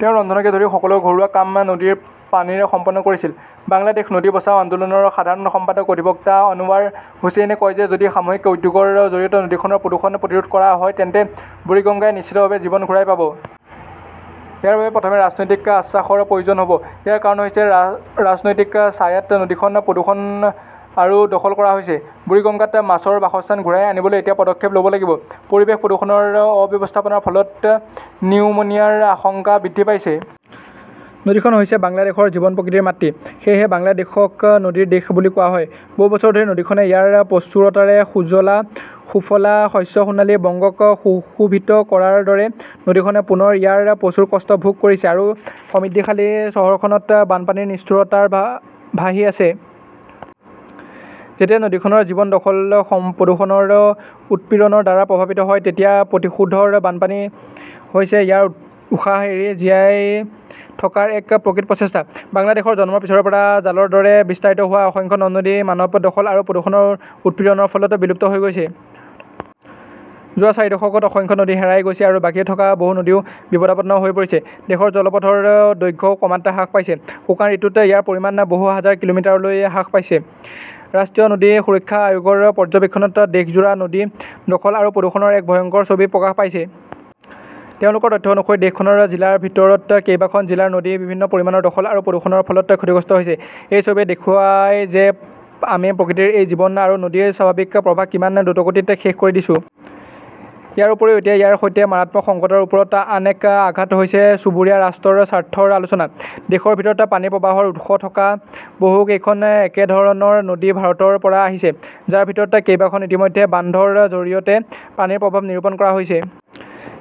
তেওঁ ৰন্ধনকে ধৰি সকলো ঘৰুৱা কাম নদীৰ পানীৰে সম্পন্ন কৰিছিল। বাংলাদেশ নদী বচাও আন্দোলনৰ সাধাৰণ সম্পাদক অধিবক্তা অনৱাৰ হুচেইনে কয় যে যদি সামূহিক উদ্যোগৰ জৰিয়তে নদীখনৰ প্ৰদূষণ প্ৰতিৰোধ কৰা হয় তেন্তে বুৰিগংগাই নিশ্চিতভাৱে জীৱন ঘূৰাই পাব। ইয়াৰ বাবে প্ৰথমে ৰাজনৈতিক আশ্বাসৰ প্ৰয়োজন হ'ব। ইয়াৰ কাৰণ হৈছে ৰা ৰাজনৈতিক ছায়াত নদীখন প্ৰদূষণ আৰু দখল কৰা হৈছে। বুৰিগাংগাত মাছৰ বাসস্থান ঘূৰাই আনিবলৈ এতিয়া পদক্ষেপ ল'ব লাগিব। পৰিৱেশ প্ৰদূষণৰ অব্যৱস্থাপনাৰ ফলত নিউমোনিয়াৰ আশংকা বৃদ্ধি পাইছে। নদীখন হৈছে বাংলাদেশৰ জীৱন-প্ৰকৃতিৰ মাতৃ। সেয়েহে বাংলাদেশক নদীৰ দেশ বুলি কোৱা হয়। বহু বছৰ ধৰি নদীখনে ইয়াৰ প্ৰচুৰতাৰে সুজলা-সুফলা শস্য-সোণালী বংগক স সুশোভিত কৰাৰ দৰে, নদীখনে পুনৰ ইয়াৰ প্ৰচুৰ কষ্ট ভোগ কৰিছে আৰু সমৃদ্ধিশালী চহৰখনত বানপানীৰ নিষ্ঠুৰতাৰে ভা ভাহি আছে। যেতিয়া নদীখনৰ জীৱন দখল-প্ৰদূষণৰ উৎপীড়নৰ দ্বাৰা প্ৰভাৱিত হয়, তেতিয়া প্ৰতিশোধৰ বানপানী হৈছে ইয়াৰ উশাহ এৰি জীয়াই থকাৰ এক প্ৰকৃত প্ৰচেষ্টা। বাংলাদেশৰ জন্মৰ পিছৰে পৰা জালৰ দৰে বিস্তাৰিত হোৱা অসংখ্য নদ-নদী মানৱ দখল আৰু প্ৰদূষণৰ উৎপীড়নৰ ফলত বিলুপ্ত হৈ গৈছে। যোৱা চাৰি দশকত অসংখ্য নদী হেৰাই গৈছে আৰু বাকী থকা বহু নদীও বিপদাপন্ন হৈ পৰিছে। দেশৰ জলপথৰ দৈৰ্ঘ্যও ক্ৰমাৎ হ্ৰাস পাইছে। শুকান ঋতুত ইয়াৰ পৰিমাণ বহু হাজাৰ কিলোমিটাৰলৈ হ্ৰাস পাইছে। ৰাষ্ট্ৰীয় নদী সুৰক্ষা আয়োগৰ পৰ্যবেক্ষণত দেশজোৰা নদী দখল আৰু প্ৰদূষণৰ এক ভয়ংকৰ ছবি প্ৰকাশ পাইছে। তেওঁলোকৰ তথ্য অনুসৰি, দেশখনৰ জিলাৰ ভিতৰত কেইবাখন জিলাৰ নদী বিভিন্ন পৰিমাণৰ দখল আৰু প্ৰদূষণৰ ফলত ক্ষতিগ্ৰস্ত হৈছে। এই ছবিয়ে দেখুৱায় যে আমি প্ৰকৃতিৰ এই জীৱন আৰু নদীৰ স্বাভাৱিক প্ৰবাহ কিমান দ্ৰুতগতিত শেষ কৰি দিছো। ইয়াৰ উপৰিও, এতিয়া ইয়াৰ সৈতে মাৰাত্মক সংকটৰ ওপৰত আন এক আঘাত হৈছে চুবুৰীয়া ৰাষ্ট্ৰৰ স্বাৰ্থৰ আলোচনা। দেশৰ ভিতৰত পানীৰ প্ৰৱাহৰ উৎস থকা বহু কেইখন একেধৰণৰ নদী ভাৰতৰ পৰা আহিছে, যাৰ ভিতৰত কেইবাখন ইতিমধ্যে বান্ধৰ জৰিয়তে পানীৰ প্ৰৱাহ নিৰূপণ কৰা হৈছে।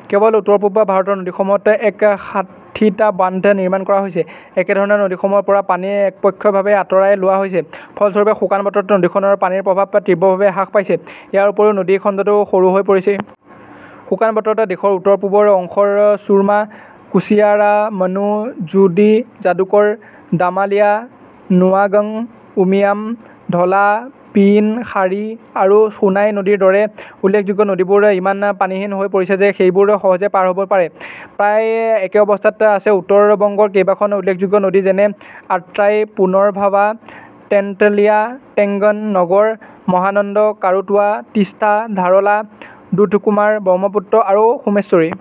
কেৱল উত্তৰ-পূব ভাৰতৰ নদীসমূহত এক ষাঠিটা বান্ধ নিৰ্মাণ কৰা হৈছে। একেধৰণৰ নদীসমূহৰ পৰা পানী একপক্ষীয়ভাৱে আঁতৰাই লোৱা হৈছে। ফলস্বৰূপে, শুকান বতৰত নদীখনৰ পানীৰ প্ৰৱাহ তীব্ৰভাৱে হ্ৰাস পাইছে। ইয়াৰ উপৰিও নদী খণ্ডটো সৰু হৈ পৰিছে। শুকান বতৰত, দেশৰ উত্তৰ-পূবৰ অংশৰ সুৰমা, কুশিয়াৰা, মনু, জোডি, যাদুকৰ, দামালিয়া, নোয়াগং, উমিয়াম, ধলা, পিয়িন, শাৰী আৰু সোনাই নদীৰ দৰে উল্লেখযোগ্য নদীবোৰ ইমান পানীহীন হৈ পৰিছে যে সেইবোৰ সহজে পাৰ হ'ব পাৰে। প্ৰায় একে অৱস্থাত আছে উত্তৰ বংগৰ কেইবাখন উল্লেখযোগ্য নদী যেনে আট্ৰাই, পুনৰভাৱা, তেন্তুলিয়া, টেংগন, নগৰ, মহানন্দা, কাৰুতোৱা, তিষ্টা, ধাৰলা, দুধকুমাৰ, ব্ৰহ্মপুত্ৰ আৰু সোমেশ্বৰী।